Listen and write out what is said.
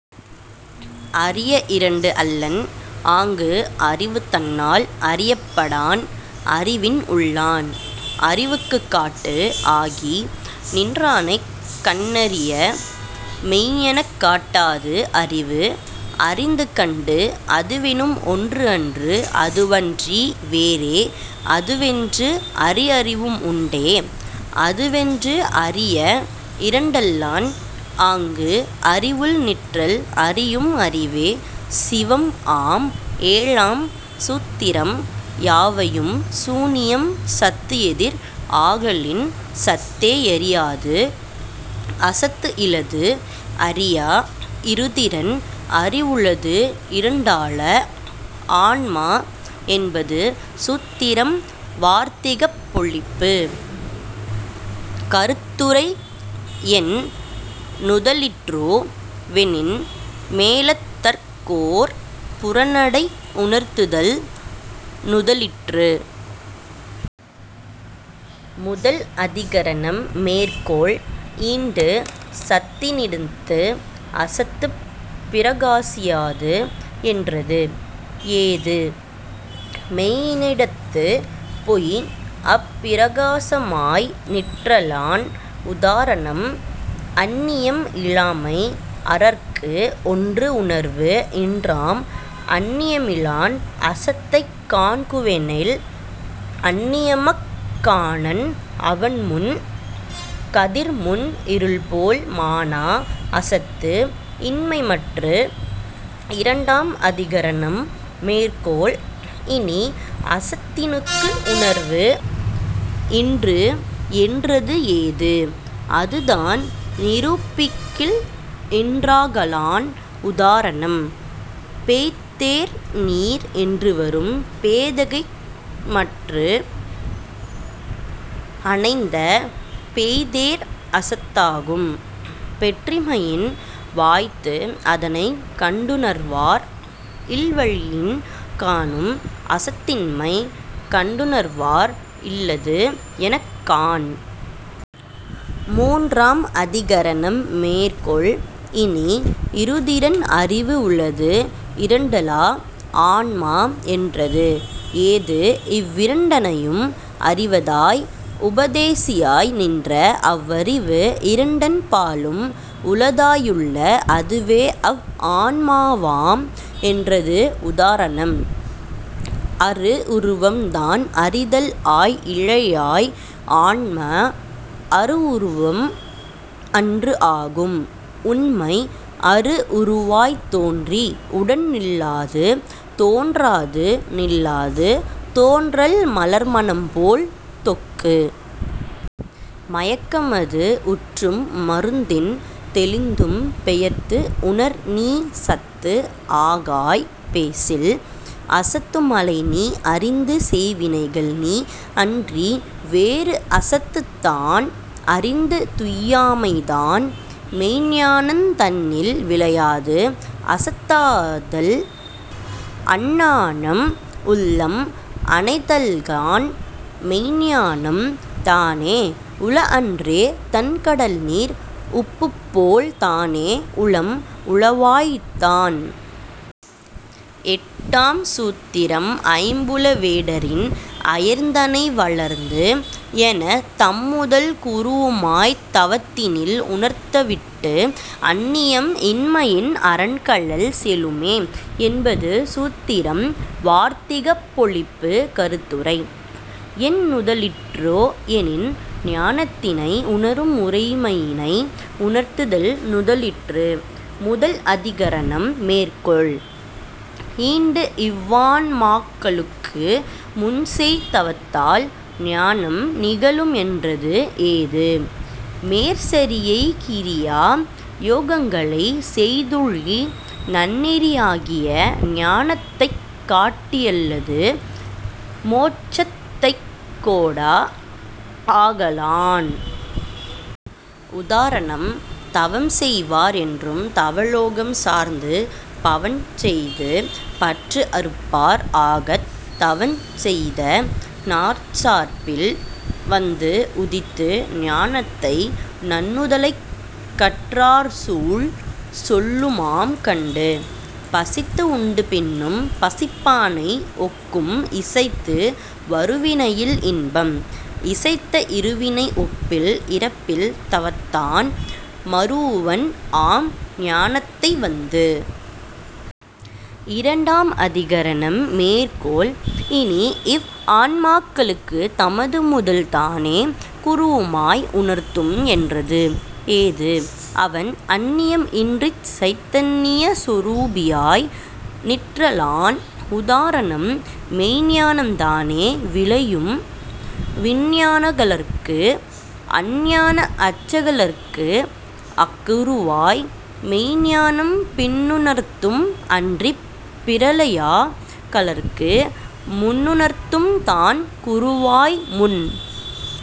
அறிய இரண்டு அல்லன், ஆங்கு அறிவு தன்னால் அறியப் படான், அறிவின் உள்ளான் -- அறிவுக்குக் காட்டு ஆகி நின்றானைக் கண்ணறியா மெய்யென்னக் காட்டாது அறிவு அறிந்து கண்டு. அதுவெனும் ஒன்றுஅன்று அதுவன்றி வேறே அதுவென்று அறி அறிவும் உண்டே--- அதுவென்று அறிய இரண்டல்லன் ஆங்கு அறிவுள் நிற்றல் அறியும் அறிவே சிவம் ஆம் ஏழாம் சூத்திரம் யாவையும் சூனியம் சத்துஎதிர் ஆகலின் சத்தே யறியாது அசத்துஇலது அறியா இருதிறன் அறிவுளது இரண்டலா ஆன்மா என்பது சூத்திரம் வார்த்திகப் பொழிப்பு: கருத்துரை: என் நுதலிற்றோ வெனின், மேலதற்கோர் புறனடை உணர்த்துதல் நுதலிற்று. முதல் அதிகரணம் மேற்கோள்: ஈண்டு, சத்தினிடத்து அசத்துப் பிரகாசியாது என்றது. ஏது: மெய்யினிடத்துப் பொய் அப்பிரகாசமாய் நிற்றலான். உதாரணம்: அன்னியம் இலாமை அரற்கு ஒன்று உணர்வு இன்றாம் அன்னியமிலான் அசத்தைக் காண்குவனேல்---- அன்னியமாக் காணான் அவன்முன், கதிர்முன் இருள்போல் மாணா அசத்து இன்மை மற்று.. இரண்டாம் அதிகரணம் மேற்கோள்: இனி, அசத்தினுக்கு உணர்வு இன்று என்றது ஏது: அதுதான் நிரூபிக்கில் இன்றாகலான் உதாரணம்: பேய்த்தேர் நீர் என்றுவரும் பேதைக்கு மற்று அணைந்த பேய்த்தேர் அசத்தாகும் பெற்றிமையின் --- வாய்த்து அதனைக் கண்டுணர்வார் இல்வழியின் காணும் அசத்தின்மை கண்டுணர்வார் இல்லது எனக் காண்.. மூன்றாம் அதிகரணம் மேற்கோள்: இனி, இருதிறன் அறிவு உளது இரண்டலா ஆன்மா என்றது. ஏது: இவ்விரண்டனையும் அறிவதாய் உபதேசியாய் நின்ற அவ்வறிவு இரண்டன் பாலும் உளதாயுள்ள அதுவேஅவ் ஆன்மாவாம் என்றது உதாரணம்: அரு உருவம் தான் அறிதல் ஆய் இழையாய் ஆன்மா அரு உருவம் அன்று ஆகும் உண்மை-- அரு உருவாய்த் தோன்றி உடன் நில்லாது தோன்றாது நில்லாது தோன்றல் மலர்மணம்போல் தொக்கு. மயக்கமது உற்றும் மருந்தின் தெளிந்தும் பெயர்த்து உணர் நீ சத்து ஆகாய் பேசில்-- அசத்தும் அலை நீ அறிந்து செய்வினைகள் நீ அன்றி வேறு அசத்துத் தான் அறிந்து துய்யாமை தான். மெய்ஞானந் தன்னில் விளையாது அசத்தாதல் அஞ்ஞானம் உள்ளம் அணைதல்காண்--- மெய்ஞ்ஞானம் தானே உள அன்றே தண் கடல்நீர் உப்புப்போல் தானே உளம் உளவாய்த் தான். எட்டாம் சூத்திரம் ஐம்புல வேடரின் அயர்ந்தனை வளர்ந்து எனத் தம்முதல் குருவுமாய்த் தவத்தினில் உணர்த்தவிட்டு அன்னியம் இன்மையின் அரன்கழல் செலுமே என்பது சூத்திரம் வார்த்திகப் பொழிப்பு கருத்துரை: என் நுதலிற்றோ எனின், ஞானத்தினை உணரும் முறைமையினை உணர்த்துதல் நுதலிற்று: முதல் அதிகரணம் மேற்கோள்: ஈண்டு இவ்வான்மாக்களுக்கு முன்செய் தவத்தால் ஞானம் நிகழும் என்றது ஏது: மேற் சரியை கிரியா யோகங்களை செய்துழி நன்னெறியாகிய ஞானத்தைக் காட்டியல்லது மோட்சத்தைக்கொடா ஆகலான். உதாரணம்: தவம்செய்வார் என்றும் தவலோகம் சார்ந்து பவஞ் செய்து பற்று அறுப்பார் ஆகத் -- தவஞ் செய்த நற்சார்பில் வந்து உதித்து ஞானத்தை நண்ணுதலைக் கற்றார்சூழ் சொல்லுமாம் கண்டு. பசித்து உண்டு பின்னும் பசிப்பானை ஒக்கும் இசைத்து வருவினையில் இன்பம் -- இசைத்த இருவினை ஒப்பில் இறப்பில் தவத்தான் மருவுவன் ஆம் ஞானத்தை வந்து.. இரண்டாம் அதிகரணம். மேற்கோள்: இனி, இவ் ஆன்மாக்களுக்கு தமதுமுதல் தானே குருவுமாய் உணர்த்தும் என்றது. ஏது: அவன் அன்னியம் இன்றிச் சைதன்னிய சொரூபியாய் நிற்றலான். உதாரணம்: மெய்ஞ்ஞானம் தானே விளையும் விஞ்ஞானகலர்க்கு அஞ்ஞான அச்சகலர்க்கு அக்குருவாய் -- மெய்ஞ்ஞானம் பின்னுணர்த்தும் அன்றிப் பிரளயா கலருக்கு முன்னுணர்த்தும் தான் குருவாய் முன்.